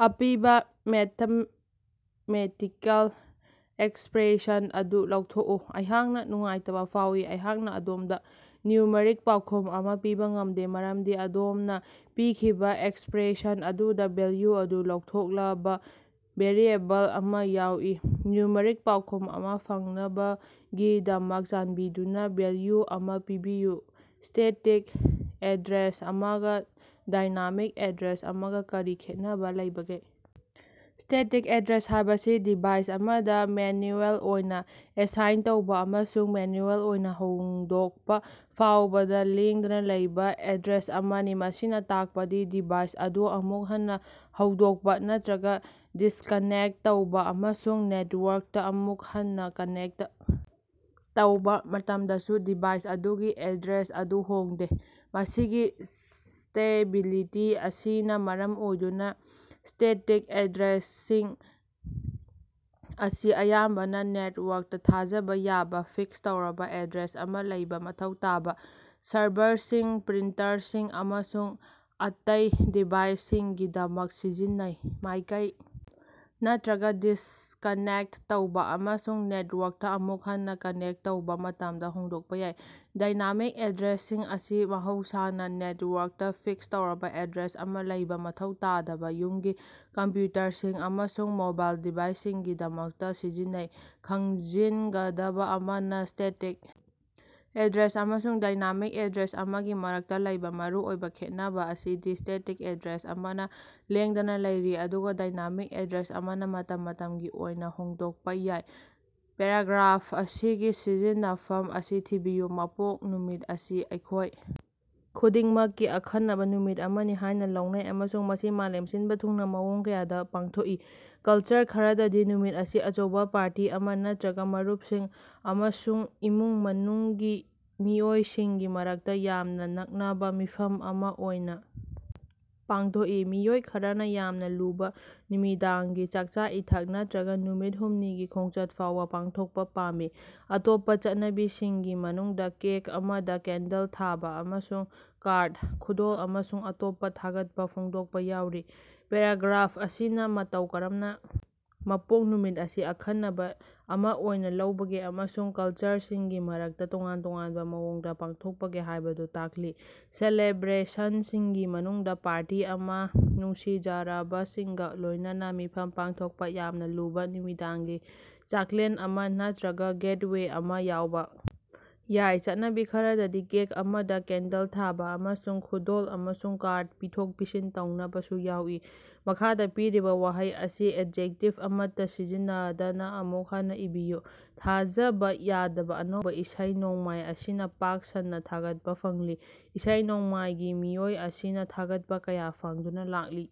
ꯑꯄꯤꯕꯥ mathematical expression ꯑꯗꯨ ꯂꯧꯊꯣꯛꯎ꯫ ꯑꯩꯍꯥꯛꯅꯥ ꯅꯨꯡꯉꯥꯏꯇꯕꯥ ꯐꯥꯎꯏ, ꯑꯩꯍꯥꯛꯅꯥ ꯑꯗꯣꯝꯗꯥ ꯅ꯭ꯌꯨꯃꯔꯤꯛ ꯄꯥꯎꯈꯨꯝ ꯑꯃꯥ ꯄꯤꯕꯥ ꯉꯝꯗꯦ ꯃꯔꯝꯗꯤ ꯑꯗꯣꯝꯅꯥ ꯄꯤꯈꯤꯕꯥ ꯑꯦꯛꯁꯄꯔꯦꯁꯟ ꯑꯗꯨꯗꯥ ꯚꯦꯜꯌꯨ ꯑꯗꯨ ꯂꯧꯊꯣꯛꯂꯕꯥ ꯚꯦꯔꯤꯑꯦꯕꯜ ꯑꯃꯥ ꯌꯥꯎꯏ꯫ ꯅ꯭ꯌꯨꯃꯔꯤꯛ ꯄꯥꯎꯈꯨꯝ ꯑꯃꯥ ꯐꯪꯅꯕꯒꯤꯗꯃꯛ, ꯆꯥꯟꯕꯤꯗꯨꯅꯥ ꯚꯦꯜꯌꯨ ꯑꯃꯥ ꯄꯤꯕꯤꯌꯨ꯫ꯁ꯭ꯇꯦꯇꯤꯛ ꯑꯦꯗ꯭ꯔꯦꯁ ꯑꯃꯒꯥ ꯗꯥꯏꯅꯥꯃꯤꯛ ꯑꯦꯗ꯭ꯔꯦꯁ ꯑꯃꯒꯥ ꯀꯔꯤ ꯈꯦꯠꯅꯕꯥ ꯂꯩꯕꯒꯦ? ꯁ꯭ꯇꯦꯇꯤꯛ ꯑꯦꯗ꯭ꯔꯦꯁ ꯍꯥꯏꯕꯁꯤ ꯗꯤꯚꯥꯏꯁ ꯑꯃꯗꯥ ꯃꯦꯅꯌꯨꯑꯦꯜ ꯑꯣꯏꯅꯥ ꯑꯦꯁꯥꯏꯟ ꯇꯧꯕꯥ ꯑꯃꯁꯨꯡ ꯃꯦꯅꯌꯨꯑꯦꯜ ꯑꯣꯏꯅꯥ ꯍꯣꯡꯗꯣꯛꯄꯥ ꯐꯥꯎꯕꯗꯥ ꯂꯦꯡꯗꯅꯥ ꯂꯩꯕꯥ ꯑꯦꯗ꯭ꯔꯦꯁ ꯑꯃꯅꯤ꯫ ꯃꯁꯤꯅꯥ ꯇꯥꯛꯄꯗꯤ ꯗꯤꯚꯥꯏꯁ ꯑꯗꯨ ꯑꯃꯨꯛ ꯍꯟꯅꯥ ꯍꯧꯗꯣꯛꯄꯥ ꯅꯠꯇꯔꯒꯥ ꯗꯤꯁꯀꯅꯦꯛꯇ ꯇꯧꯕꯥ ꯑꯃꯁꯨꯡ ꯅꯦꯠꯋꯥꯔꯛꯇꯥ ꯑꯃꯨꯛ ꯍꯟꯅꯥ ꯀꯅꯦꯛꯇ ꯇꯧꯕꯥ ꯃꯇꯝꯗꯁꯨ ꯗꯤꯚꯥꯏꯁ ꯑꯗꯨꯒꯤ ꯑꯦꯗ꯭ꯔꯦꯁ ꯑꯗꯨ ꯍꯣꯡꯗꯦ꯫ ꯃꯁꯤꯒꯤ ꯁ꯭ꯇꯦꯕꯤꯂꯤꯇꯤ ꯑꯁꯤꯅꯥ ꯃꯔꯝ ꯑꯣꯏꯗꯨꯅꯥ, ꯁ꯭ꯇꯦꯇꯤꯛ ꯑꯦꯗ꯭ꯔꯦꯁꯁꯤꯡ ꯑꯁꯤ ꯑꯌꯥꯝꯕꯅꯥ ꯅꯦꯠꯋꯥꯔꯛꯇꯥ ꯊꯥꯖꯕꯥ ꯌꯥꯕꯥ, ꯐꯤꯛꯁ ꯇꯧꯔꯕꯥ ꯑꯦꯗ꯭ꯔꯦꯁ ꯑꯃꯥ ꯂꯩꯕꯥ ꯃꯊꯧ ꯇꯥꯕꯥ ꯁꯔꯚꯔꯁꯤꯡ, ꯄ꯭ꯔꯤꯟꯇꯔꯁꯤꯡ ꯑꯃꯁꯨꯡ ꯑꯇꯩ ꯗꯤꯚꯥꯏꯁꯁꯤꯡꯒꯤꯗꯃꯛ ꯁꯤꯖꯤꯟꯅꯩ꯫ ꯃꯥꯏꯀꯩ ꯅꯠꯇꯔꯒꯥ ꯗꯤꯁꯀꯅꯦꯛꯇ ꯇꯧꯕꯥ ꯑꯃꯁꯨꯡ ꯅꯦꯠꯋꯥꯔꯛꯇꯥ ꯑꯃꯨꯛ ꯍꯟꯅꯥ ꯀꯅꯦꯛꯇ ꯇꯧꯕꯥ ꯃꯇꯝꯗꯥ ꯍꯣꯡꯗꯣꯛꯄꯥ ꯌꯥꯏ꯫ ꯗꯥꯏꯅꯥꯃꯤꯛ ꯑꯦꯗ꯭ꯔꯦꯁꯁꯤꯡ ꯑꯁꯤ ꯃꯍꯧꯁꯥꯅꯥ ꯅꯦꯇꯋꯥꯔꯛꯇꯥ ꯐꯤꯛꯁ ꯇꯧꯔꯕꯥ ꯑꯦꯗ꯭ꯔꯦꯁ ꯑꯃꯥ ꯂꯩꯕꯥ ꯃꯊꯧ ꯇꯥꯗꯕꯥ ꯌꯨꯝꯒꯤ ꯀꯝꯄꯌꯨꯇꯔꯁꯤꯡ ꯑꯃꯁꯨꯡ ꯃꯣꯕꯥꯏꯜ ꯗꯤꯚꯥꯏꯁꯁꯤꯡꯒꯤꯗꯃꯛꯇꯥ ꯁꯤꯖꯤꯟꯅꯩ꯫ ꯈꯪꯖꯤꯒꯗꯕꯥ ꯑꯃꯅꯥ, ꯁ꯭ꯇꯦꯇꯤꯛ ꯑꯦꯗ꯭ꯔꯦꯁ ꯑꯃꯁꯨꯡ ꯗꯥꯏꯅꯥꯃꯤꯛ ꯑꯦꯗ꯭ꯔꯦꯁ ꯑꯃꯒꯤ ꯃꯔꯛꯇꯥ ꯂꯩꯕꯥ ꯃꯔꯨꯑꯣꯏꯕꯥ ꯈꯦꯠꯅꯕꯥ ꯑꯁꯤꯗꯤ ꯁ꯭ꯇꯦꯇꯤꯛ ꯑꯦꯗ꯭ꯔꯦꯁ ꯑꯃꯅꯥ ꯂꯦꯡꯗꯅꯥ ꯂꯩꯔꯤ ꯑꯗꯨꯒꯥ ꯗꯥꯏꯅꯥꯃꯤꯛ ꯑꯦꯗ꯭ꯔꯦꯁ ꯑꯃꯅꯥ ꯃꯇꯝ ꯃꯇꯝꯒꯤ ꯑꯣꯏꯅꯥ ꯍꯣꯡꯗꯣꯛꯄꯥ ꯌꯥꯏ꯫ ꯄꯦꯔꯥꯒ꯭ꯔꯥꯐ ꯑꯁꯤꯒꯤ ꯁꯝꯖꯤꯟꯅꯐꯝ ꯑꯁꯤ ꯊꯤꯕꯤꯌꯨ: ꯃꯄꯣꯛ ꯅꯨꯃꯤꯠ ꯑꯁꯤ ꯑꯩꯈꯣꯏ ꯈꯨꯗꯤꯡꯃꯛꯀꯤ ꯑꯈꯟꯅꯕꯥ ꯅꯨꯃꯤꯠ ꯑꯃꯅꯤ ꯍꯥꯏꯅꯥ ꯂꯧꯅꯩ ꯑꯃꯁꯨꯡ ꯃꯁꯤ ꯃꯥꯂꯦꯝ ꯁꯤꯟꯕꯥ ꯊꯨꯡꯅꯥ ꯃꯑꯣꯡ ꯀꯌꯥꯗꯥ ꯄꯥꯡꯊꯣꯛꯏ꯫ ꯀꯜꯆꯔ ꯈꯔꯗꯗꯤ ꯅꯨꯃꯤꯠ ꯑꯁꯤ ꯑꯆꯧꯕꯥ ꯄꯥꯔꯇꯤ ꯑꯃꯥ ꯅꯠꯇꯔꯒꯥ ꯃꯔꯨꯞꯁꯤꯡ ꯑꯃꯁꯨꯡ ꯏꯃꯨꯡ ꯃꯅꯨꯡꯒꯤ ꯃꯤꯑꯣꯏꯁꯤꯡꯒꯤ ꯃꯔꯛꯇꯥ ꯌꯥꯝꯅꯥ ꯅꯛꯅꯕꯥ ꯃꯤꯐꯝ ꯑꯃꯥ ꯑꯣꯏꯅꯥ ꯄꯥꯡꯊꯣꯛꯏ꯫ ꯃꯤꯑꯣꯏ ꯈꯔꯅꯥ ꯌꯥꯝꯅꯥ ꯂꯨꯕꯥ ꯅꯨꯃꯤꯗꯥꯡꯒꯤ ꯆꯥꯛꯆꯥ-ꯏꯊꯛ ꯅꯠꯇꯔꯒꯥ ꯅꯨꯃꯤꯠ ꯍꯨꯝꯅꯤꯒꯤ ꯈꯣꯡꯆꯠ ꯐꯥꯎꯕꯥ ꯄꯥꯡꯊꯣꯛꯄꯥ ꯄꯥꯝꯃꯤ꯫ ꯑꯇꯣꯞꯄꯥ ꯆꯠꯅꯕꯤꯁꯤꯡꯒꯤ ꯃꯅꯨꯡꯗꯥ ꯀꯦꯛ ꯑꯃꯗꯥ ꯀꯦꯟꯗꯜ ꯊꯥꯕꯥ ꯑꯃꯁꯨꯡ ꯀꯥꯔꯗ, ꯈꯨꯗꯣꯜ ꯑꯃꯁꯨꯡ ꯑꯇꯣꯞꯄꯥ ꯊꯥꯒꯠꯄꯥ ꯐꯣꯡꯗꯣꯛꯄꯥ ꯌꯥꯎꯔꯤ꯫ ꯄꯦꯔꯥꯒ꯭ꯔꯥꯐ ꯑꯁꯤꯅꯥ ꯃꯇꯧ ꯀꯔꯝꯅꯥ ꯃꯄꯣꯛ ꯅꯨꯃꯤꯠ ꯑꯁꯤ ꯑꯈꯟꯅꯕꯥ ꯑꯃꯥ ꯑꯣꯏꯅꯥ ꯂꯧꯕꯒꯦ ꯑꯃꯁꯨꯡ ꯀꯜꯆꯔꯁꯤꯡꯒꯤ ꯃꯔꯛꯇꯥ ꯇꯣꯉꯥꯟ ꯇꯣꯉꯥꯟꯕꯥ ꯃꯑꯣꯡꯗꯥ ꯄꯥꯡꯊꯣꯛꯄꯒꯦ ꯍꯥꯏꯕꯗꯨ ꯇꯥꯛꯂꯤ꯫ ꯁꯦꯂꯦꯕ꯭ꯔꯦꯁꯟꯁꯤꯡꯒꯤ ꯃꯅꯨꯡꯗꯥ ꯄꯥꯔꯇꯤ ꯑꯃꯥ, ꯅꯨꯡꯁꯤꯖꯔꯕꯁꯤꯡꯒꯥ ꯂꯣꯏꯅꯅꯥ ꯃꯤꯐꯝ ꯄꯥꯡꯊꯣꯛꯄꯥ, ꯌꯥꯝꯅꯥ ꯂꯨꯕꯥ ꯅꯨꯃꯤꯗꯥꯡꯒꯤ ꯆꯥꯛꯂꯦꯟ ꯑꯃꯥ ꯅꯠꯇꯔꯒꯥ ꯒꯦꯠꯋꯦ ꯑꯃꯥ ꯌꯥꯎꯕꯥ ꯌꯥꯏ꯫ ꯆꯠꯅꯕꯤ ꯈꯔꯗꯗꯤ ꯀꯦꯛ ꯑꯃꯗꯥ ꯀꯦꯟꯗꯜ ꯊꯥꯕꯥ ꯑꯃꯁꯨꯡ ꯈꯨꯗꯣꯜ ꯑꯃꯁꯨꯡ ꯀꯥꯔꯗ ꯄꯤꯊꯣꯛ-ꯄꯤꯁꯤꯟ ꯇꯧꯅꯕꯁꯨ ꯌꯥꯎꯏ꯫ ꯃꯈꯥꯗꯥ ꯄꯤꯔꯤꯕꯥ ꯋꯥꯍꯩ ꯑꯁꯤ ꯑꯦꯖꯦꯛꯇꯤꯚ ꯑꯃꯠꯇꯥ ꯁꯤꯖꯤꯟꯅꯗꯅꯥ ꯑꯃꯨꯛ ꯍꯟꯅꯥ ꯏꯕꯤꯌꯨ꯫ ꯊꯥꯖꯕꯥ ꯌꯥꯗꯕꯥ ꯑꯅꯧꯕꯥ ꯏꯁꯩ ꯅꯣꯡꯃꯥꯏ ꯑꯁꯤꯅꯥ ꯄꯥꯛ ꯁꯟꯅꯥ ꯊꯥꯒꯠꯄꯥ ꯐꯪꯂꯤ꯫ ꯏꯁꯩ ꯅꯣꯡꯃꯥꯏꯒꯤ ꯃꯤꯑꯣꯏ ꯑꯁꯤꯅꯥ ꯊꯥꯒꯠꯄꯥ ꯀꯌꯥ ꯐꯪꯗꯨꯅꯥ ꯂꯥꯛꯂꯤ꯫